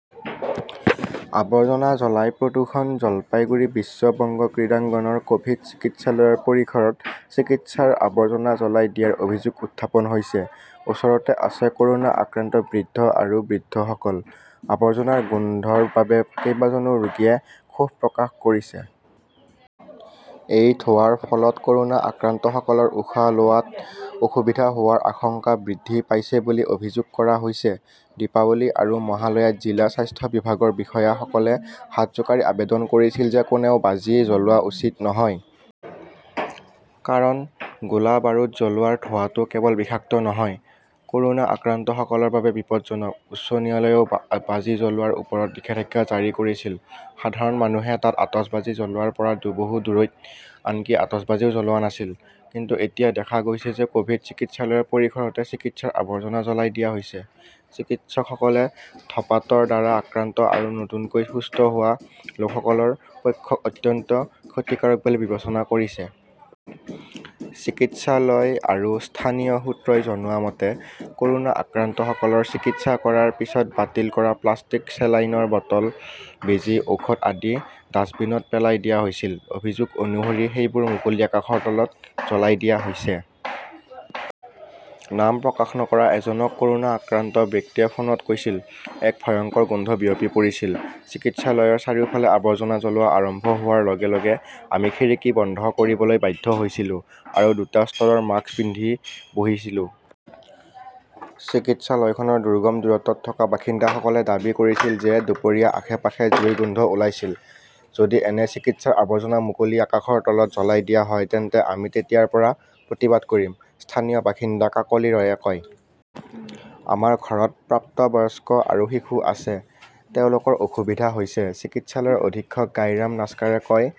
"। আৱৰ্জনা জ্বলাই প্ৰদূষণ জলপাইগুৰি বিশ্ব বংগ ক্ৰিডাঙ্গনৰ ক "ভিড চিকিৎসালয়ৰ পৰিসৰত চিকিৎসাৰ আৱৰ্জনা জ্বলাই দিয়াৰ অভিযোগ উত্থাপন হৈছে। ওচৰতে আছে ক "ৰোনা আক্ৰান্ত বৃদ্ধ আৰু বৃদ্ধসকল। আৱৰ্জনাৰ গোন্ধৰ বাবে কেইবাজনো ৰোগীয়ে ক্ষোভ প্ৰকাশ কৰিছে। এই ধোঁৱাৰ ফলত ক "ৰোনা আক্ৰান্তসকলৰ উশাহ লোৱাত অসুবিধা হোৱাৰ আশংকা বৃদ্ধি পাইছে বুলি অভিযোগ কৰা হৈছে। দীপাৱলী আৰু মহালয়াত জিলা স্বাস্থ্য বিভাগৰ বিষয়াসকলে হাত জোকাৰি আবেদন কৰিছিল যে কোনেও বাজি জ্বলোৱা উচিত নহয়। কাৰণ গোলা-বাৰুদ জ্বলোৱাৰ ধোঁৱাটো কেৱল বিষাক্ত নহয়, ক "ৰোনা আক্ৰান্তসকলৰ বাবে বিপজ্জনক। উচ্চ ন্যায়ালয়েও বাজি জ্বলোৱাৰ ওপৰত নিষেধাজ্ঞা জাৰি কৰিছিল। সাধাৰণ মানুহে তাত আতচবাজী জ্বলোৱাৰ পৰা বহু দূৰৈত, আনকি আতচবাজীও জ্বলোৱা নাছিল। কিন্তু এতিয়া দেখা গৈছে যে ক "ভিড চিকিৎসালয়ৰ পৰিসৰতে চিকিৎসাৰ আৱৰ্জনা জ্বলাই দিয়া হৈছে, চিকিৎসকসকলে ধঁপাতৰ দ্বাৰা আক্ৰান্ত আৰু নতুনকৈ সুস্থ হোৱা লোকসকলৰ পক্ষক অত্যন্ত ক্ষতিকাৰক বুলি বিবেচনা কৰিছে। চিকিৎসালয় আৰু স্থানীয় সূত্ৰই জনোৱা মতে, ক "ৰোনা আক্ৰান্তসকলৰ চিকিৎসা কৰাৰ পিছত বাতিল কৰা প্লাষ্টিক, চেলাইনৰ বটল, বেজী, ঔষধ আদি ডাস্টবিনত পেলাই দিয়া হৈছিল। অভিযোগ অনুসৰি সেইবোৰ মুকলি আকাশৰ তলত জ্বলাই দিয়া হৈছে। নাম প্ৰকাশ নকৰা এজন ক "ৰোনা আক্ৰান্ত ব্যক্তিয়ে ফোনত কৈছিল", এক ভয়ংকৰ গোন্ধ বিয়পি পৰিছিল। চিকিৎসালয়ৰ চাৰিওফালে আৱৰ্জনা জ্বলোৱা আৰম্ভ হোৱাৰ লগে লগে আমি খিৰিকী বন্ধ কৰিবলৈ বাধ্য হৈছিলো আৰু দুটা স্তৰৰ মাস্ক পিন্ধি বহিছিলোঁ। "চিকিৎসালয়খনৰ দুৰ্গম দূৰত্বত থকা বাসিন্দাসকলে দাবী কৰিছিল যে দুপৰীয়াৰ আশে-পাশে জুইৰ গোন্ধ ওলাইছিল। "যদি এনে চিকিৎসাৰ আৱৰ্জনা মুকলি আকাশৰ তলত জ্বলাই দিয়া হয় তেন্তে আমি তেতিয়াৰ পৰা প্ৰতিবাদ কৰিম", স্থানীয় বাসিন্দা কাকলী ৰয়ে কয়। আমাৰ ঘৰত প্ৰাপ্তবয়স্ক আৰু শিশু আছে। তেওঁলোকৰ অসুবিধা হৈছে। "চিকিৎসালয়ৰ অধীক্ষক গায়ৰাম নাছকাৰে কয়",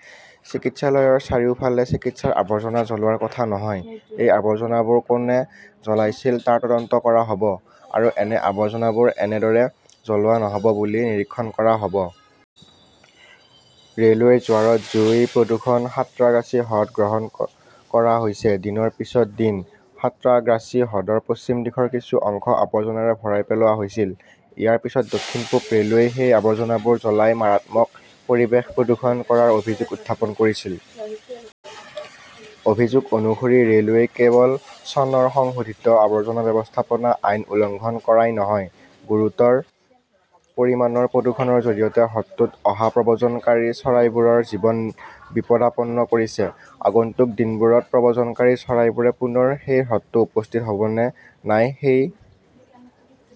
"চিকিৎসালয়ৰ চাৰিওফালে চিকিৎসাৰ আৱৰ্জনা জ্বলোৱাৰ কথা নহয়। " এই আৱৰ্জনাবোৰ কোনে জ্বলাইছিল তাৰ তদন্ত কৰা হ "ব আৰু এনে আৱৰ্জনাবোৰ এনেদৰে জ্বলোৱা নহ" ব বুলি নিৰীক্ষণ কৰা হ "ব। "। ৰে 'লৱেৰ জোৱাৰত জুই, প্ৰদূষণ-সাঁত্ৰাগাছি হ্ৰদ গ্ৰহণ কৰা হৈছে দিনৰ পিছত দিন, সাঁত্ৰাগাছী হ্ৰদৰ পশ্চিম দিশৰ কিছু অংশ আবৰ্জনাৰে ভৰাই পেলোৱা হৈছিল। ইয়াৰ পিছত দক্ষিণ-পূব ৰে "লৱেই সেই আৱৰ্জনাবোৰ জ্বলাই মাৰাত্মক পৰিৱেশ প্ৰদূষণ কৰাৰ অভিযোগ উত্থাপন কৰিছিল। অভিযোগ অনুসৰি ৰে "লৱেই কেৱল চনৰ সংশোধিত আৱৰ্জনা ব্যৱস্থাপনা আইন উলংঘন কৰাই নহয়, গুৰুতৰ পৰিমাণৰ প্ৰদূষণৰ জৰিয়তে হ্ৰদটোত অহা প্ৰব্ৰজনকাৰী চৰাইবোৰৰ জীৱন বিপদাপন্ন কৰিছে। আগন্তুক দিনবোৰত প্ৰব্ৰজনকাৰী চৰাইবোৰে পুনৰ সেই হ্ৰদটোত উপস্থিত হ "ব নে নাই সেই